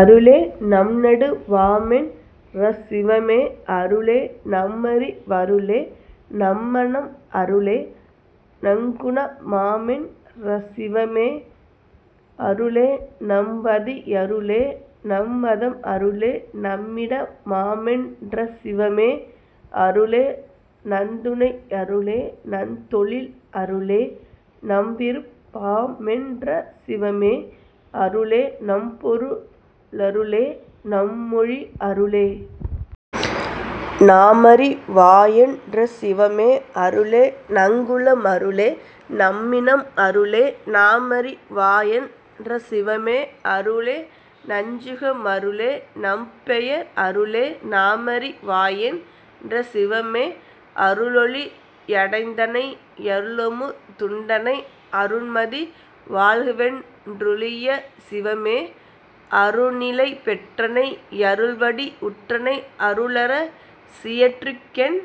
அருளே நம்நடு வாமென் றசிவமே அருளே நம்மறி வருளே நம்மனம் அருளே நங்குண மாமென் றசிவமே அருளே நம்பதி யருளே நம்பதம் அருளே நம்மிட மாமென் றசிவமே அருளே நந்துணை யருளே நந்தொழில் அருளே நம்விருப் பாமென் றசிவமே அருளே நம்பொரு ளருளே நம்மொளி அருளே நாமறி வாயென் றசிவமே அருளே நங்குல மருளே நம்மினம் அருளே நாமறி வாயென் றசிவமே அருளே நஞ்சுக மருளே நம்பெயர் அருளே நாமறி வாயென் றசிவமே அருளொளி யடைந்தனை யருளமு துண்டனை அருண்மதி வாழ்கவென் றருளிய சிவமே அருணிலை பெற்றனை யருள்வடி வுற்றனை அருளர சியற்றுகென்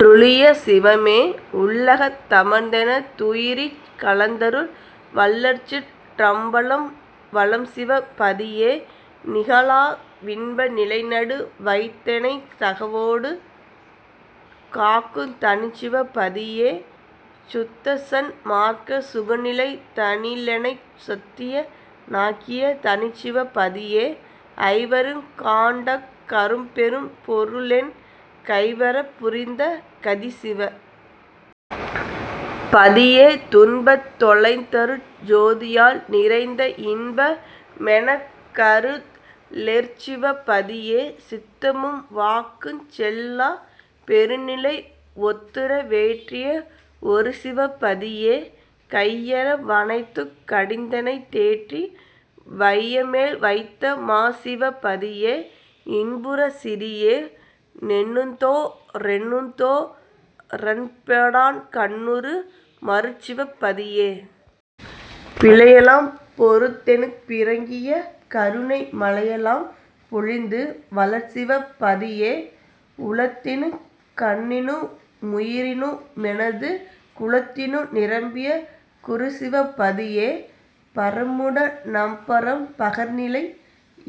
ட்ருளிய சிவமே உள்ளகத் தமர்ந்தென துயிரிற் கலந்தருள் வள்ளல்சிற் றம்பலம் வளர்சிவ பதியே நிகாலா வின்ப நிலைநடு வைத்தெனைத் தகவொடு காக்குந் தனிச்சிவ பதியே சுத்தசன் மார்க்க சுகநிலை தனிலெனைத் சத்திய னாக்கிய தனிச்சிவ பதியே ஐவருங் காண்டற் கரும்பெரும் பொருளென் கைவரப் புரிந்த கதிசிவ பதியே துன்பந் தொலைத்தருட் ஜோதியால் நிறைந்த இன்ப மெனக்கரு ளெழிற்சிவ பதியே சித்தமும் வாக்குஞ் செல்லாப் பெருநிலை ஒத்துற வேற்றிய வொருசிவ பதியே கையற வனைத்துங் கடிந்தெனைத் தேற்றி வையமேல் வைத்த மாசிவ பதியே இன்புறச் சிறியே னெண்ணுதோ றெண்ணுதோ றன்பொடன் கண்ணுறு மருட்சிவ பதியே பிழையெலாம் பொறுத்தெனுட் பிறங்கிய கருணை மழையெலாம் பொழிந்து வளர்சிவ பதியே உளத்தினுங் கண்ணினு முயிரினு மெனது குளத்தினு நிரம்பிய குருசிவ பதியே பரமுட னபரம் பகர்நிலை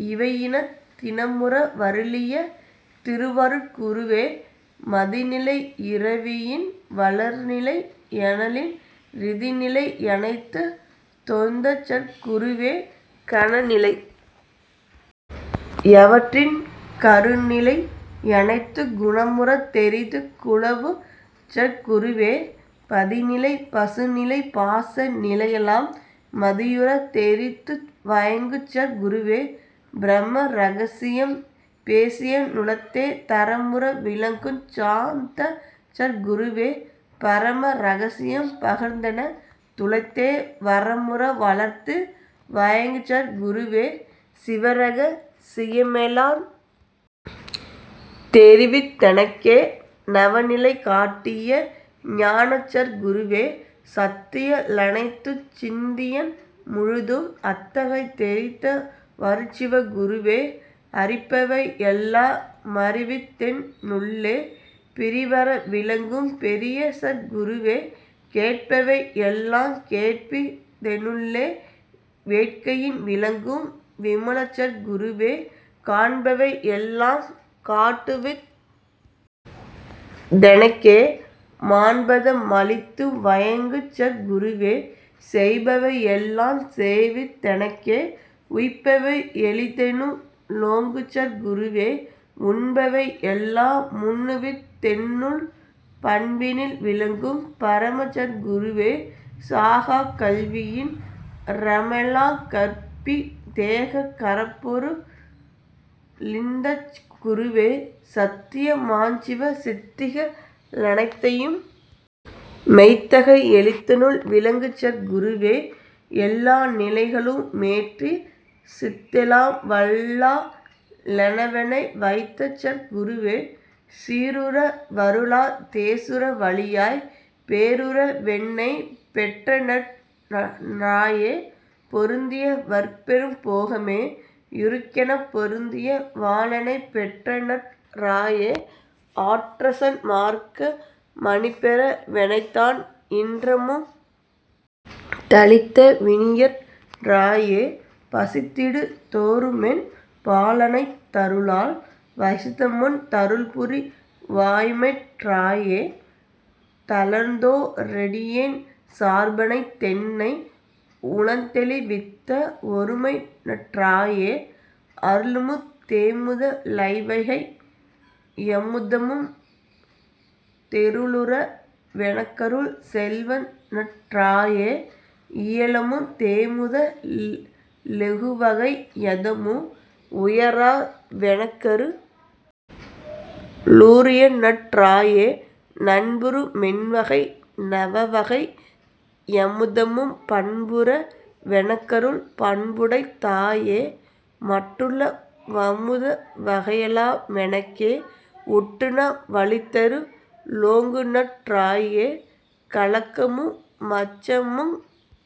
யிவையினத் திரமுற வருளிய திருவருட் குருவே மதிநிலை யிரவியின் வளர்நிலை யனலின் றிதிநிலை யனைத்துந் தொந்தசற் குருவே கணநிலை யவற்றின் கருநிலை யனைத்துங் குணமுறத் தெரித்துட் குலவுசற் குருவே பதிநிலை பசுநிலை பாச நிலையெலாம் மதியுறத் தெரித்துள் வயங்குசற் குருவே பிரம ரகசியம் பேசியென் னுளத்தே தரமுற விளங்குஞ் சாந்தசற் குருவே பரம ரகசியம் பகர்ந்தென துளத்தே வரமுற வளர்த்து வயங்குசற் குருவே சிவரக சியமெலாந் தெரிவித் தெனக்கே நவநிலை காட்டிய ஞானசற் குருவே சத்திய லனைத்துஞ் சித்தியன் முழுதும் அத்தகை தெரித்த வருட்சிவ குருவே அறிபவை யெல்லா மறிவித்தென் னுள்ளே பிறிவற விளங்கும் பெரியசற் குருவே கேட்பவை யெல்லாங் கேட்பித் தெனுள்ளே வேட்கையின் விளங்கும் விமலசற் குருவே காண்பவை யெல்லாங் காட்டுவித் தெனக்கே மாண்பத மளித்து வயங்குசற் குருவே செய்பவை யெல்லாஞ் செய்வித் தெனக்கே உய்பவை யளித்தெனு ளோங்குசற் குருவே உண்பவை யெல்லா முண்ணுவித் தென்னுள் பண்பினில் விளங்கும் பரமசற் குருவே சாகாக் கல்வியின் றரமெலாங் கற்பித் தேகக் கரப்பொரு ளீந்தசற் குருவே சத்திய மாஞ்சிவ சித்திக ளனைத்தையும் மெய்த்தகை யளித்தெனுள் விளங்குசற் குருவே எல்லா நிலைகளு மேற்றிச் சித்தெலாம் வல்லா னெனவெனை வைத்தசற் குருவே சீருற வருளா தேசுற வழியாப் பேருற வென்னைப் பெற்றநற் நாயே பொருந்திய வருட்பெரும் போகமே யுறுகெனப் பொருந்திய வாநெனைப் பெற்றநற் றாயே ஆன்றசன் மார்க்க மணிபெற வெனைத்தான் இன்றமு தளித்த வினிய றாயே பசித்திடு தோறுமென் பாலணைத் தருளால் வசித்தமுந் தருள்புரி வாய்மைற் றாயே தளர்ந்தோ றடியேன் சார்பணைந் தென்னை உளந்தெளி வித்த வொருமைநற் றாயே அருளமு தேமுத லைவகை யமுதமும் தெருளுற வெனக்கருள் செல்வநற் றாயே இயலமு தேமுத லெழுகுவகை யமுதமும் உயாற வெனக்கரு ளுரியநற் றாயே நண்புறு மெண்வகை நவவகை யமுதமும் பண்புற வெனக்கருள் பண்புடைத் தாயே மற்றுள வமுத வகையெலா மெனக்கே உற்றுண வளித்தரு ளோங்குநற் றாயே கலக்கமு மச்சமுங்